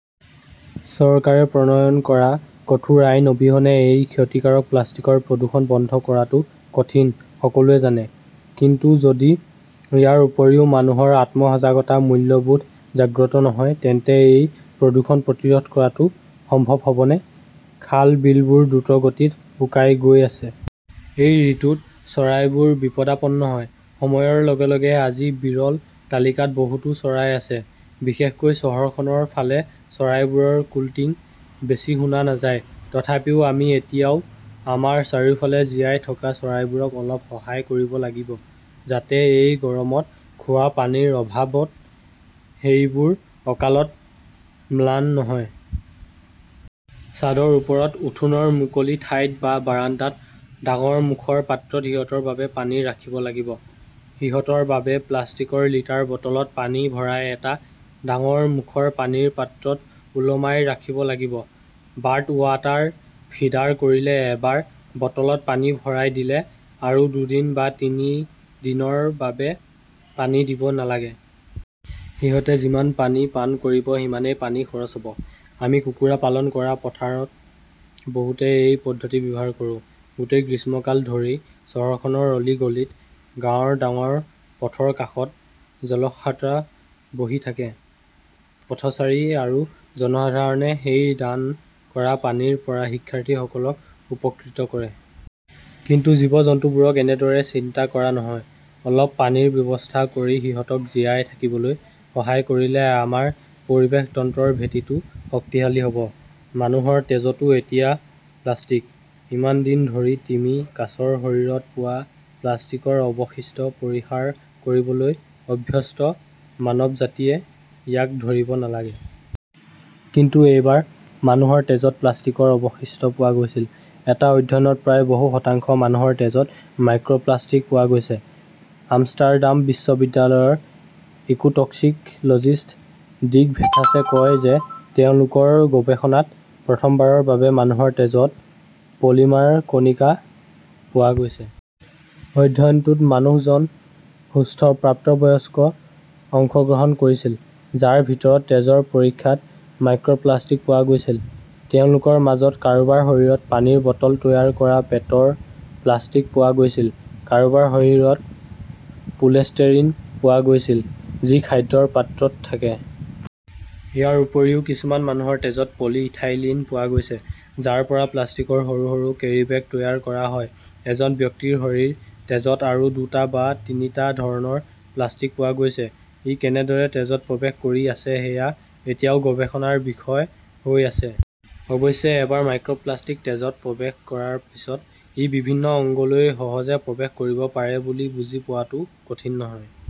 চৰকাৰে প্ৰণয়ন কৰা কঠোৰ আইন অবিহনে এই ক্ষতিকাৰক প্লাষ্টিকৰ প্ৰদূষণ বন্ধ কৰাটো কঠিন, সকলোৱে জানে। কিন্তু যদি ইয়াৰ উপৰিও মানুহৰ আত্ম-সজাগতা, মূল্যবোধ জাগ্ৰত নহয়, তেন্তে এই প্ৰদূষণ প্ৰতিৰোধ কৰাটো সম্ভৱ হ'বনে? খাল, বিলবোৰ দ্ৰুতগতিত শুকাই গৈ আছে। এই ঋতুত চৰাইবোৰ বিপদাপন্ন হয়। সময়ৰ লগে লগে আজি বিৰল তালিকাত বহুতো চৰাই আছে। বিশেষকৈ চহৰখনৰ ফালে চৰাইবোৰৰ কোল্টিং বেছি শুনা নাযায়। তথাপিও আমি এতিয়াও আমাৰ চাৰিওফালে জীয়াই থকা চৰাইবোৰক অলপ সহায় কৰিব লাগিব যাতে এই গৰমত খোৱা পানীৰ অভাৱত সেইবোৰ অকালত ম্লান নহয়। ছাদৰ ওপৰত, উঠোনৰ মুকলি ঠাইত বা বাৰাণ্ডাত ডাঙৰ মুখৰ পাত্ৰত সিহঁতৰ বাবে পানী ৰাখিব লাগিব। সিহঁতৰ বাবে প্লাষ্টিকৰ লিটাৰ বটলত পানী ভৰাই এটা ডাঙৰ মুখৰ পানীৰ পাত্ৰত ওলমাই ৰাখিব লাগিব। বাৰ্ড ৱাটাৰ ফিডাৰ কৰিলে এবাৰ বটলত পানী ভৰাই দিলে আৰু দুদিন বা তিনি দিনৰ বাবে পানী দিব নালাগে। সিহঁতে যিমান পানী পান কৰিব সিমানেই পানী খৰচ হ'ব। আমি কুকুৰা পালন কৰা পথাৰত বহুতে এই পদ্ধতি ব্যৱহাৰ কৰো। গোটেই গ্ৰীষ্মকাল ধৰি চহৰখনৰ অলি গলিত, গাঁৱৰ ডাঙৰ পথৰ কাষত জলসাট্ৰা বহি থাকে। পথচাৰী আৰু জনসাধাৰণে সেই দান কৰা পানীৰ পৰা শিক্ষাৰ্থীসকলক উপকৃত কৰে। কিন্তু জীৱ-জন্তুবোৰক এনেদৰে চিন্তা কৰা নহয়। অলপ পানীৰ ব্যৱস্থা কৰি সিহঁতক জীয়াই থাকিবলৈ সহায় কৰিলে আমাৰ পৰিৱেশ তন্ত্ৰৰ ভেটিটো শক্তিশালী হ'ব। মানুহৰ তেজতো এতিয়া প্লাষ্টিক। ইমান দিন ধৰি তিমি, কাছৰ শৰীৰত পোৱা প্লাষ্টিকৰ অৱশিষ্ট পৰিহাৰ কৰিবলৈ অভ্যস্ত মানৱজাতিয়ে ইয়াক ধৰিব নালাগে। কিন্তু এইবাৰ মানুহৰ তেজত প্লাষ্টিকৰ অৱশিষ্ট পোৱা গৈছিল। এটা অধ্যয়নত প্ৰায় বহু‌ শতাংশ মানুহৰ তেজত মাইক্ৰপ্লাষ্টিক পোৱা গৈছে। আমষ্টাৰডাম বিশ্ববিদ্যালয়ৰ ইকোটক্সিক'লজিষ্ট ডিক ভেথাচে কয় যে তেওঁলোকৰ গৱেষণাত প্ৰথমবাৰৰ বাবে মানুহৰ তেজত পলিমাৰ কণিকা পোৱা গৈছে। অধ্যয়নটোত মানুহজন সুস্থ প্ৰাপ্তবয়স্ক অংশগ্ৰহণ কৰিছিল, যাৰ ভিতৰত তেজৰ পৰীক্ষাত মাইক্ৰপ্লাষ্টিক পোৱা গৈছিল। তেওঁলোকৰ মাজৰ কাৰোবাৰ শৰীৰত পানীৰ বটল তৈয়াৰ কৰা পেটৰ প্লাষ্টিক পোৱা গৈছিল, কাৰোবাৰ শৰীৰত পোলেষ্টেৰিন পোৱা গৈছিল, যি খাদ্যৰ পাত্ৰত থাকে। ইয়াৰ উপৰিও কিছুমান মানুহৰ তেজত পলিইথাইলিন পোৱা গৈছে, যাৰ পৰা প্লাষ্টিকৰ সৰু সৰু কেৰী বেগ তৈয়াৰ কৰা হয়। এজন ব্যক্তিৰ শৰীৰৰ তেজত আৰু দুটা বা তিনিটা ধৰণৰ প্লাষ্টিক পোৱা গৈছে। ই কেনেদৰে তেজত প্ৰৱেশ কৰি আছে সেয়া এতিয়াও গৱেষণাৰ বিষয় হৈ আছে। অৱশ্যে, এবাৰ মাইক্ৰপ্লাষ্টিক তেজত প্ৰৱেশ কৰাৰ পিছত, ই বিভিন্ন অংগলৈ সহজে প্ৰৱেশ কৰিব পাৰে বুলি বুজি পোৱাটো কঠিন নহয়।